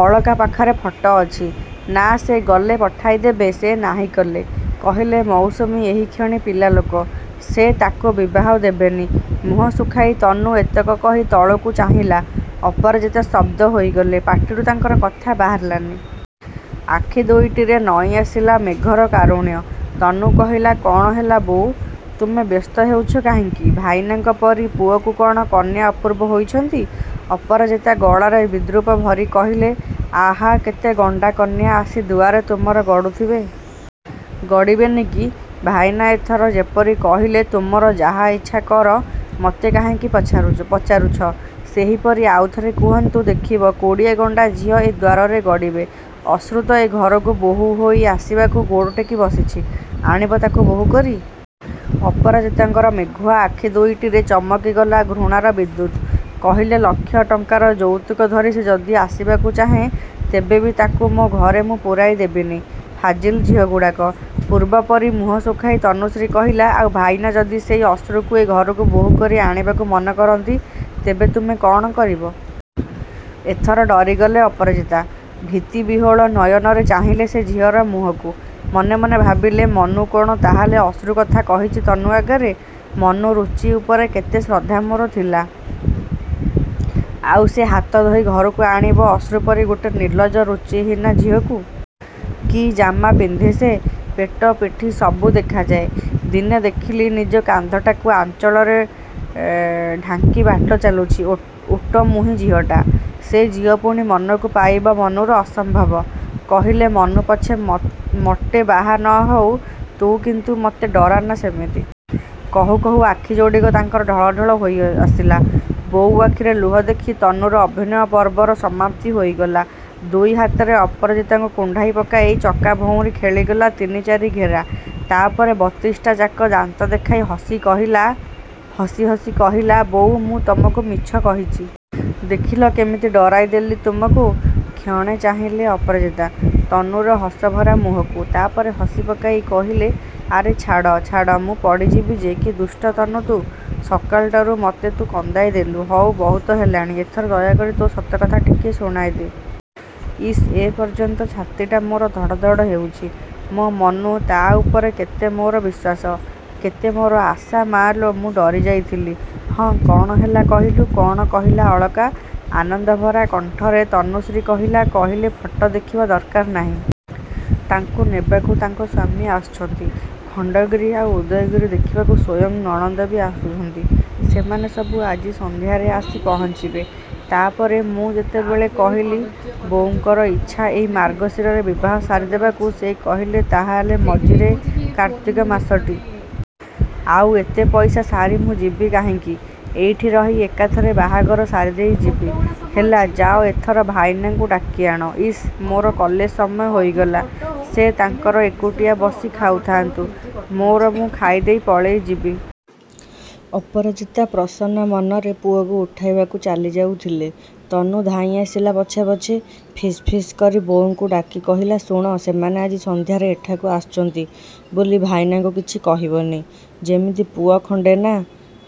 ଅଳକା ପାଖରେ ଫଟୋ ଅଛି, ନା ସେ ଗଲେ ପଠାଇଦେବେ? ସେ ନାହିଁ କଲେ। କହିଲେ, ମୌସୁମୀ ଏହିକ୍ଷଣି ପିଲା ଲୋକ। ସେ ତାକୁ ବିବାହ ଦେବେନି'। ମୁହଁ ଶୁଖାଇ ତନୁ ଏତକ କହି ତଳକୁ ଚାହିଁଲା। ଅପରାଜିତା ସ୍ତବ୍ଧ ହୋଇଗଲେ। ପାଟିରୁ ତାଙ୍କର କଥା ବାହାରିଲାନି। ଆଖିଦୁଇଟିରେ ନଇଁଆସିଲା ମେଘର କାରୁଣ୍ୟ। ତନୁ କହିଲା, କ'ଣ ହେଲା, ବୋଉ? ତୁମେ ବ୍ୟସ୍ତ ହେଉଛ କାହିଁକି? ଭାଇନାଙ୍କ ପରି ପୁଅକୁ କ'ଣ କନ୍ୟା ଅପୂର୍ବ ହୋଇଛନ୍ତି?" ଅପରାଜିତା ଗଳାରେ ବିଦ୍ରୂପ ଭରି କହିଲେ, ଆହାଃ କେତେ ଗଣ୍ଡା କନ୍ୟା ଆସି ଦୁଆରେ ତୁମର ଗଡ଼ୁଥିବେ! ଗଡ଼ିବେନି କି! ଭାଇନା ଏଥର ଯେପରି କହିଲେ, ତୁମର ଯାହା ଇଚ୍ଛା କର, ମୋତେ କାହିଁକି ପଚାରୁଛ', ସେହିପରି ଆଉଥରେ କୁହନ୍ତୁ, ଦେଖିବ କୋଡ଼ିଏ ଗଣ୍ଡା ଝିଅ ଏ ଦ୍ୱାରରେ ଗଡ଼ିବେ।"ଅଶ୍ରୁ ତ ଏ ଘରକୁ ବୋହୂ ହୋଇ ଆସିବାକୁ ଗୋଡ଼ଟେକି ବସିଛି। ଆଣିବ ତାକୁ ବୋହୂ କରି? ଅପରାଜିତାଙ୍କର ମେଘୁଆ ଆଖି ଦୁଇଟିରେ ଚମକିଗଲା ଘୃଣାର ବିଦ୍ୟୁତ୍। କହିଲେ, ଲକ୍ଷ ଟଙ୍କାର ଯୌତୁକ ଧରି ସେ ଯଦି ଆସିବାକୁ ଚାହେଁ, ତେବେ ବି ତାକୁ ମୋ ଘରେ ମୁଁ ପୁରାଇଦେବିନି। ଫାଜିଲ୍ ଝିଅଗୁଡ଼ାକ! ପୂର୍ବ ପରି ମୁହଁ ଶୁଖାଇ ତନୁଶ୍ରୀ କହିଲା, "ଆଉ ଭାଇନା ଯଦି ସେଇ ଅଶ୍ରୁକୁ ଏ ଘରକୁ ବୋହୂ କରି ଆଣିବାକୁ ମନ କରନ୍ତି, ତେବେ ତୁମେ କ'ଣ କରିବ? ଏଥର ଡରିଗଲେ ଅପରାଜିତା। ଭୀତିବିହ୍ୱଳ ନୟନରେ ଚାହିଁଲେ ସେ ଝିଅର ମୁହଁକୁ। ମନେ ମନେ ଭାବିଲେ, 'ମନୁ କ'ଣ ତାହେଲେ ଅଶ୍ରୁ କଥା କହିଛି ତନୁ ଆଗରେ! ମନୁ ରୁଚି ଉପରେ କେତେ ଶ୍ରଦ୍ଧା ମୋର ଥିଲା। ଆଉ ସେ ହାତଧୋଇ ଘରକୁ ଆଣିବ ଅଶ୍ରୁପରି ଗୋଟେ ନିର୍ଲଜ୍ଜ, ରୁଚିହୀନ ଝିଅକୁ! କି ଜାମା ପିନ୍ଧେ ସେ! ପେଟ, ପିଠି ସବୁ ଦେଖାଯାଏ। ଦିନେ ଦେଖିଲି ନିଜ କାନ୍ଧଟାକୁ ଆଞ୍ଚଳରେ ଢାଙ୍କି ବାଟ ଚାଲୁଛି, ଓଟ ମୁହିଁ ଝିଅଟା। ସେଇ ଝିଅ ପୁଣି ମନକୁ ପାଇବ ମନୁର! ଅସମ୍ଭବ!' କହିଲେ, ମନୁ ପଛେ ମୋଟେ ବାହା ନ ହଉ, ତୁ କିନ୍ତୁ ମୋତେ ଡରାନା ସେମିତି।" କହୁ କହୁ ଆଖିଯୋଡ଼ିକ ତାଙ୍କର ଢଳଢଳ ହୋଇଆସିଲା। ବୋଉ ଆଖିରେ ଲୁହ ଦେଖି ତନୁର ଅଭିନୟ ପର୍ବର ସମାପ୍ତି ହୋଇଗଲା। ଦୁଇ ହାତରେ ଅପରାଜିତାଙ୍କୁ କୁଣ୍ଢାଇ ପକାଇ ଚକା ଭଉଁରି ଖେଳିଗଲା ତିନି-ଚାରି ଘେରା। ତାପରେ ବତିଶଟାଯାକ ଦାନ୍ତ ଦେଖାଇ ହସି କହିଲା ହସି ହସି କହିଲା, ବୋଉ, ମୁଁ ତମକୁ ମିଛ କହିଛି। ଦେଖିଲ କେମିତି ଡରାଇ ଦେଲି ତୁମକୁ! କ୍ଷଣେ ଚାହିଁଲେ ଅପରାଜିତା, ତନୁର ହସଭରା ମୁହଁକୁ। ତାପରେ ହସିପକାଇ କହିଲେ, ଆରେ ଛାଡ଼, ଛାଡ଼, ମୁଁ ପଡ଼ିଯିବି ଯେ। କି ଦୁଷ୍ଟ ତନୁ ତୁ! ସକାଳୁଟାରୁ ମୋତେ ତୁ କନ୍ଦାଇ ଦେଲୁ। ହଉ, ବହୁତ ହେଲାଣି। ଏଥର ଦୟାକରି ତୋ ସତ କଥା ଟିକେ ଶୁଣାଇଦେ। ଇସ୍, ଏ ପର୍ଯ୍ୟନ୍ତ ଛାତିଟା ମୋର ଧଡ଼ ଧଡ଼ ହେଉଛି! ମୋ ମନୁ, ତା' ଉପରେ କେତେ ମୋର ବିଶ୍ୱାସ, କେତେ ମୋର ଆଶା ମା’ଲୋ, ମୁଁ ଡରିଯାଇଥିଲି। ହଁ, କ'ଣ ହେଲା, କହିଲୁ? କ'ଣ କହିଲା ଅଳକା? ଆନନ୍ଦଭରା କଣ୍ଠରେ ତନୁଶ୍ରୀ କହିଲା, କହିଲେ, 'ଫଟୋ ଦେଖିବ ଦରକାର ନାହିଁ। ତାଙ୍କୁ ନେବାକୁ ତାଙ୍କ ସ୍ୱାମୀ ଆସୁଛନ୍ତି। ଖଣ୍ଡଗିରି ଆଉ ଉଦୟଗିରି ଦେଖିବାକୁ ସ୍ୱୟଂ ନଣନ୍ଦ ବି ଆସୁଛନ୍ତି। ସେମାନେ ସବୁ ଆଜି ସନ୍ଧ୍ୟାରେ ଆସି ପହଞ୍ଚିବେ।' ତାପରେ ମୁଁ ଯେତେବେଳେ କହିଲି ବୋଉଙ୍କର ଇଚ୍ଛା ଏଇ ମାର୍ଗଶିରରେ ବିବାହ ସାରିଦେବାକୁ, ସେ କହିଲେ, 'ତାହାହେଲେ ମଝିରେ କାର୍ତ୍ତିକ ମାସଟି। ଆଉ ଏତେ ପଇସା ସାରି ମୁଁ ଯିବି କାହିଁକି? ଏଇଠି ରହି ଏକାଥରେ ବାହାଘର ସାରିଦେଇ ଯିବି।' ହେଲା! ଯାଅ ଏଥର ଭାଇନାକୁ ଡାକିଆଣ। ଇସ୍, ମୋର କଲେଜ ସମୟ ହୋଇଗଲା। ସେ ତାଙ୍କର ଏକୁଟିଆ ବସି ଖାଉଥାଆନ୍ତୁ। ମୋର ମୁଁ ଖାଇଦେଇ ପଳେଇ ଯିବି। ଅପରାଜିତା ପ୍ରସନ୍ନ ମନରେ ପୁଅକୁ ଉଠାଇବାକୁ ଚାଲିଯାଉଥିଲେ। ତନୁ ଧାଇଁଆସିଲା ପଛେ ପଛେ। ଫିସ୍-ଫିସ୍ କରି ବୋଉଙ୍କୁ ଡାକି କହିଲା, ଶୁଣ, ସେମାନେ ଆଜି ସନ୍ଧ୍ୟାରେ ଏଠାକୁ ଆସୁଛନ୍ତି ବୋଲି ଭାଇନାକୁ କିଛି କହିବନି। ଯେମିତି ପୁଅ ଖଣ୍ଡେ ନା,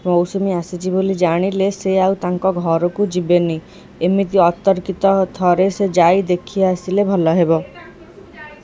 ମୌସୁମୀ ଆସିଛି ବୋଲି ଜାଣିଲେ ସେ ଆଉ ତାଙ୍କ ଘରକୁ ଯିବେନି। ଏମିତି ଅତର୍କିତ ଥରେ ସେ ଯାଇ ଦେଖିଆସିଲେ ଭଲ ହେବ।